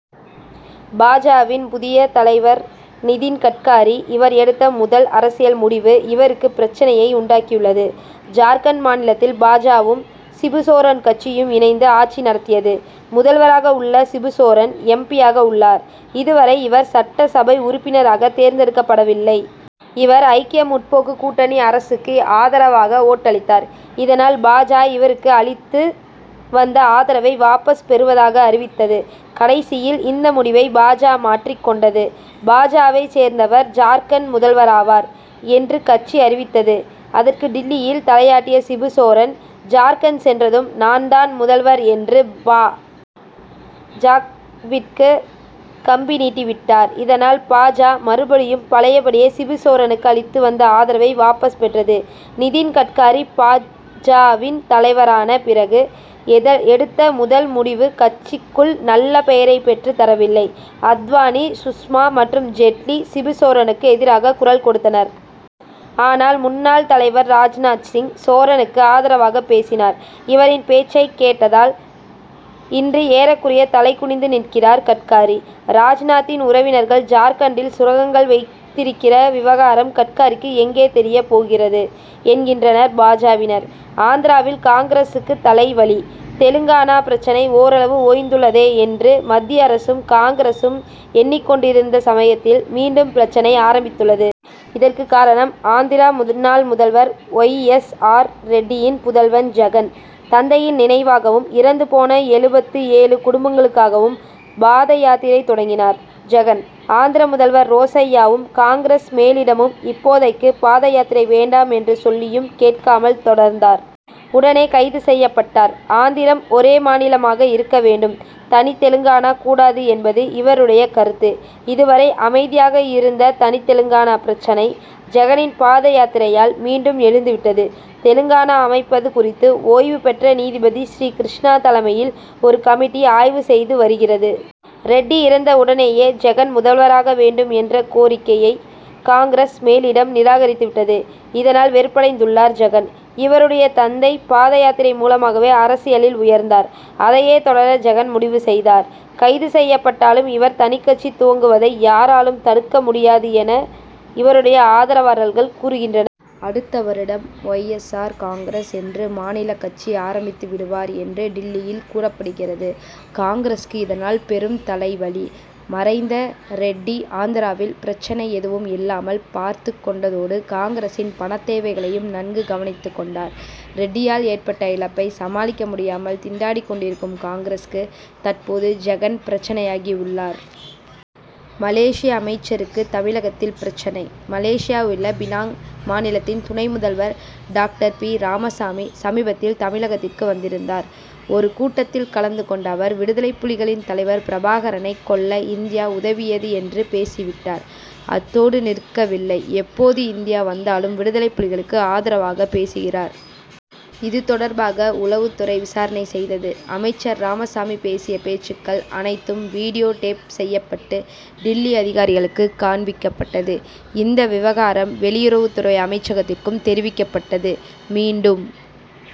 பா. ஜ.,வின் புதிய தலைவர் நிதின் கட்காரி. இவர் எடுத்த முதல் அரசியல் முடிவு இவருக்கு பிரச்னையை உண்டாக்கியுள்ளது. ஜார்க்கண்ட் மாநிலத்தில் பா. ஜ.,வும், சிபு சோரன் கட்சியும் இணைந்து ஆட்சி நடத்தியது. முதல்வராக உள்ள சிபு சோரன், எம். பி.,யாக உள்ளார். இதுவரை இவர் சட்டசபை உறுப்பினராக தேர்ந்தெடுக்கப்படவில்லை. இவர் ஐக்கிய முற்போக்கு கூட்டணி அரசுக்கு ஆதரவாக ஓட்டளித்தார். இதனால், பா. ஜ., இவருக்கு அளித்து வந்த ஆதரவை வாபஸ் பெறுவதாக அறிவித்தது. கடைசியில் இந்த முடிவை பா. ஜ., மாற்றிக் கொண்டது. பா. ஜ.,வைச் சேர்ந்தவர் ஜார்க்கண்ட் முதல்வராவார் என்று கட்சி அறிவித்தது. அதற்கு டில்லியில் தலையாட்டிய சிபு சோரன், "ஜார்க்கண்ட் சென்றதும் நான் தான் முதல்வர்' என்று, பா. ஜ.,விற்கு கம்பி நீட்டிவிட்டார். இதனால், பா. ஜ., மறுபடியும் பழைய படியே, சிபுசோரனுக்கு அளித்து வந்த ஆதரவை வாபஸ் பெற்றது. நிதின் கட்காரி பா. ஜ.,வின் தலைவரான பிறகு, எடுத்த முதல் முடிவு கட்சிக்குள் நல்ல பெயரைப் பெற்றுத் தரவில்லை. அத்வானி, சுஷ்மா மற்றும் ஜெட்லி, சிபு சோரனுக்கு எதிராக குரல் கொடுத்தனர். ஆனால், முன்னாள் தலைவர் ராஜ்நாத் சிங், சோரனுக்கு ஆதரவாகப் பேசினார். இவரின் பேச்சைக் கேட்டதால், இன்று ஏறக்குறைய தலை குனிந்து நிற்கிறார் கட்காரி. ராஜ்நாத்தின் உறவினர்கள் ஜார்க்கண்டில் சுரங்கங்கள் வைத்திருக்கிற விவகாரம் கட்காரிக்கு எங்கே தெரியப் போகிறது? என்கின்றனர் பா. ஜ.,வினர். ஆந்திராவில் காங்கிரசுக்கு தலைவலி: தெலுங்கானா பிரச்னை ஓரளவு ஓய்ந்துள்ளதே என்று மத்திய அரசும், காங்கிரசும் எண்ணிக் கொண்டிருந்த சமயத்தில், மீண்டும் பிரச்னை ஆரம்பித்துள்ளது. இதற்கு காரணம் ஆந்திரா முன்னாள் முதல்வர் ஒய். எஸ். ஆர் ரெட்டியின் புதல்வன் ஜெகன். தந்தையின் நினைவாகவும், இறந்து போன எழுபத்து ஏழு குடும்பங்களுக்காகவும் பாத யாத்திரை தொடங்கினார் ஜெகன். ஆந்திர முதல்வர் ரோசய்யாவும், காங்கிரஸ் மேலிடமும் இப்போதைக்கு பாத யாத்திரை வேண்டாம் என்று சொல்லியும் கேட்காமல் தொடர்ந்தார். உடனே கைது செய்யப்பட்டார். ஆந்திரம் ஒரே மாநிலமாக இருக்க வேண்டும்; தனி தெலுங்கானா கூடாது என்பது இவருடைய கருத்து. இதுவரை அமைதியாக இருந்த தனி தெலுங்கானா பிரச்னை, ஜெகனின் பாத யாத்திரையால் மீண்டும் எழுந்துவிட்டது. தெலுங்கானா அமைப்பது குறித்து ஓய்வுபெற்ற நீதிபதி ஸ்ரீ கிருஷ்ணா தலைமையில் ஒரு கமிட்டி ஆய்வு செய்து வருகிறது. ரெட்டி இறந்த உடனேயே ஜெகன் முதல்வராக வேண்டும் என்ற கோரிக்கையை காங்., மேலிடம் நிராகரித்துவிட்டது. இதனால், வெறுப்படைந்துள்ளார் ஜெகன். இவருடைய தந்தை பாத யாத்திரை மூலமாகவே அரசியலில் உயர்ந்தார். அதையே தொடர ஜெகன் முடிவு செய்தார். கைது செய்யப்பட்டாலும் இவர் தனிக் கட்சி துவங்குவதை யாராலும் தடுக்க முடியாது' என்று இவருடைய ஆதரவாளர்கள் கூறுகின்றனர். அடுத்த வருடம் ஒய். எஸ். ஆர்., காங்கிரஸ் என்று மாநில கட்சி ஆரம்பித்துவிடுவார் என்று டில்லியில் கூறப்படுகிறது. காங்கிரசுக்கு இதனால் பெரும் தலைவலி. மறைந்த ரெட்டி ஆந்திராவில் பிரச்னை எதுவும் இல்லாமல் பார்த்துக் கொண்டதோடு காங்கிரசின் பணத்தேவைகளையும் நன்கு கவனித்துக் கொண்டார். ரெட்டியால் ஏற்பட்ட இழப்பை சமாளிக்க முடியாமல் திண்டாடிக் கொண்டிருக்கும் காங்கிரசுக்கு தற்போது ஜெகனும் பிரச்னையாகியுள்ளார். மலேசிய அமைச்சருக்கு தமிழகத்தில் பிரச்னை: மலேசியாவிலுள்ள பினாங் மாநிலத்தின் துணை முதல்வர் டாக்டர் பி. ராமசாமி சமீபத்தில் தமிழகத்திற்கு வந்திருந்தார். ஒரு கூட்டத்தில் கலந்து கொண்ட அவர், விடுதலைப்புலிகளின் தலைவர் பிரபாகரனைக் கொல்ல இந்தியா உதவியது என்று பேசிவிட்டார். அத்தோடு நிற்கவில்லை; எப்போது இந்தியா வந்தாலும் விடுதலைப்புலிகளுக்கு ஆதரவாகப் பேசுகிறார். இது தொடர்பாக உளவுத்துறை விசாரணை செய்தது. அமைச்சர் ராமசாமி பேசிய பேச்சுக்கள் அனைத்தும் வீடியோ டேப் செய்யப்பட்டு டில்லி அதிகாரிகளுக்குக் காண்பிக்கப்பட்டது. இந்த விவகாரம் வெளியுறவுத்துறை அமைச்சகத்திற்கும் தெரிவிக்கப்பட்டது. மீண்டும்